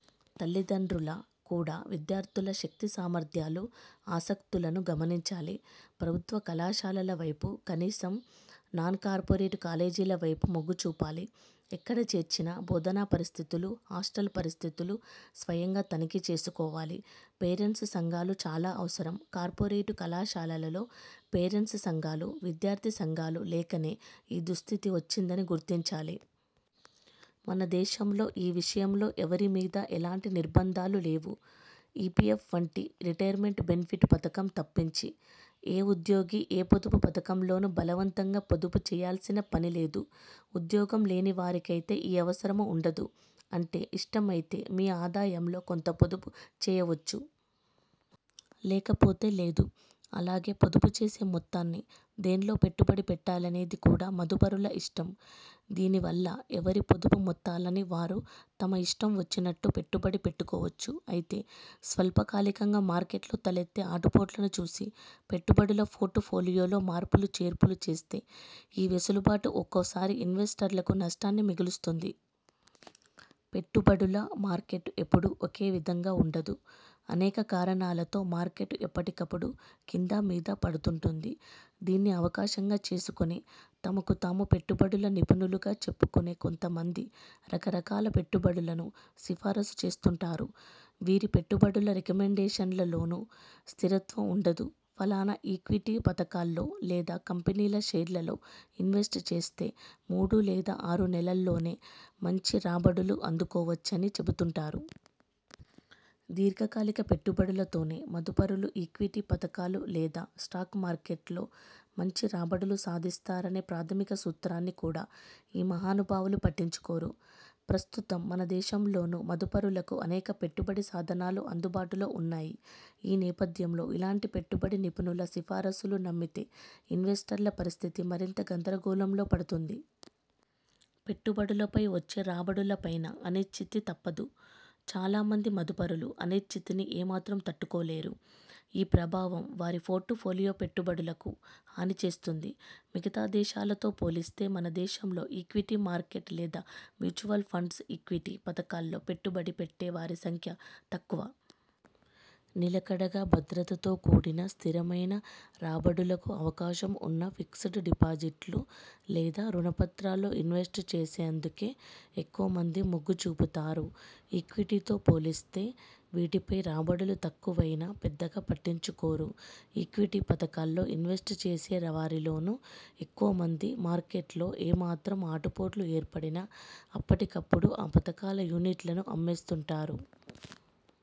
తల్లిదండ్రుల కూడా విద్యార్థుల శక్తి సామర్థ్యాలు, ఆసక్తులను గమనించాలి. ప్రభుత్వ, కళాశాలల వైపు, కనీసం నాన్ కార్పొరేట్ కాలేజీల వైపు మొగ్గుచూపాలి. ఎక్కడ చేర్చినా బోధనా పరిస్థితులు, హాస్టల్ పరిస్థితులు స్వయంగా తనిఖీ చేసుకోవాలి. పేరెంట్స్ సంఘాలు చాలా అవసరం. కార్పొరేటు కళాశాలలలో పేరెంట్స్ సంఘాలూ, విద్యార్థి సంఘాలూ లేకనే ఈ దుస్థితి వచ్చిందని గుర్తించాలి. మన దేశంలో ఈ విషయంలో ఎవరి మీదా ఎలాంటి నిర్భంధాలు లేవు. ఇపిఎఫ్ వంటి రిటైర్మెంట్ బెనిఫిట్ పథకం తప్పించి, ఏ ఉద్యోగీ ఏ పొదుపు పథకంలోనూ బలవంతంగా పొదుపు చేయాల్సిన పని లేదు. ఉద్యోగం లేని వారికైతే ఈ అవసరమూ ఉండదు. అంటే ఇష్టమైతే మీ ఆదాయంలో కొంత పొదుపు చేయవచ్చు. లేకపోతే లేదు. అలాగే పొదుపు చేసే మొత్తాన్ని దేన్లో పెట్టుబడి పెట్టాలనేది కూడా మదుపరుల ఇష్టం. దీని వల్ల ఎవరి పొదుపు మొత్తాలని వారు తమ ఇష్టం వచ్చినట్టు పెట్టుబడి పెట్టుకోవచ్చు. అయితే స్వల్పకాలికంగా మార్కెట్లో తలెత్తే ఆటుపోట్లను చూసి పెట్టుబడుల పోర్టుఫోలియోలో మార్పులు చేర్పులు చేస్తే, ఈ వెసులుబాటు ఒక్కోసారి ఇన్వెస్టర్లకు నష్టాలు మిగులుస్తుంది. పెట్టుబడుల మార్కెట్ ఎపుడూ ఒకే విధంగా ఉండదు. అనేక కారణాలతో మార్కెట్ ఎప్పటికపుడు కిందా మీదా పడుతుంటుంది. దీన్ని అవకాశంగా చేసుకుని తమకు తాము పెట్టుబడుల నిపుణులుగా చెప్పుకునే కొంత మంది రకరకాల పెట్టుబడులను సిఫారసు చేస్తుంటారు. వీరి పెట్టుబడుల రికమండేషన్లలోనూ స్థిరత్వం ఉండదు. ఫలానా ఈక్విటీ పథకాల్లో లేదా కంపెనీల షేర్లలో ఇన్వెస్ట్ చేస్తే మూడు లేదా ఆరు నెలల్లోనే మంచి రాబడులు అందుకోవచ్చని చెబుతుంటారు. దీర్ఘకాలిక పెట్టుబడులతోనే మదుపరులు ఈక్విటీ పథకాలు లేదా స్టాక్ మార్కెట్లో మంచి రాబడులు సాధిస్తారనే ప్రాథమిక సూత్రాన్ని కూడా ఈ మహానుభావులు పట్టించుకోరు. ప్రస్తుతం మన దేశంలోనూ మదుపరులకు అనేక పెట్టుబడి సాధనాలు అందుబాటులో ఉన్నాయి. ఈ నేపథ్యంలో ఇలాంటి పెట్టుబడి నిపుణుల సిఫారసులు నమ్మితే ఇన్వెస్టర్ల పరిస్థితి మరింత గందరగోళంలో పడుతుంది. పెట్టుబడులపై వచ్చే రాబడులపైనా అనిశ్చితి తప్పదు. చాలా మంది మదుపరులు అనిశ్చితిని ఏ మాత్రం తట్టుకోలేరు. ఈ ప్రభావం వారి పోర్టుఫోలియో పెట్టుబడులకూ హాని చేస్తుంది. మిగతా దేశాలతో పోలిస్తే మన దేశంలో ఈక్విటీ మార్కెట్ లేదా మ్యూచువల్ ఫండ్స్ ఈక్విటీ పథకాల్లో పెట్టుబడి పెట్టే వారి సంఖ్య తక్కువ. నిలకడగా భద్రతతో కూడిన స్థిరమైన రాబడులకు అవకాశం ఉన్న ఫిక్స్డ్ డిపాజిట్లు లేదా రుణ పత్రాల్లో ఇన్వెస్ట్ చేసేందుకే ఎక్కువ మంది మొగ్గు చూపుతారు. ఈక్విటీతో పోలిస్తే వీటిపై రాబడులు తక్కువైనా పెద్దగా పట్టించుకోరు. ఈక్విటీ పథకాల్లో ఇన్వెస్ట్ చేసే వారిలోనూ ఎక్కువ మంది, మార్కెట్లో ఏ మాత్రం ఆటుపోట్లు ఏర్పడినా అప్పటికపుడు ఆ పథకాల యూనిట్లను అమ్మేస్తుంటారు.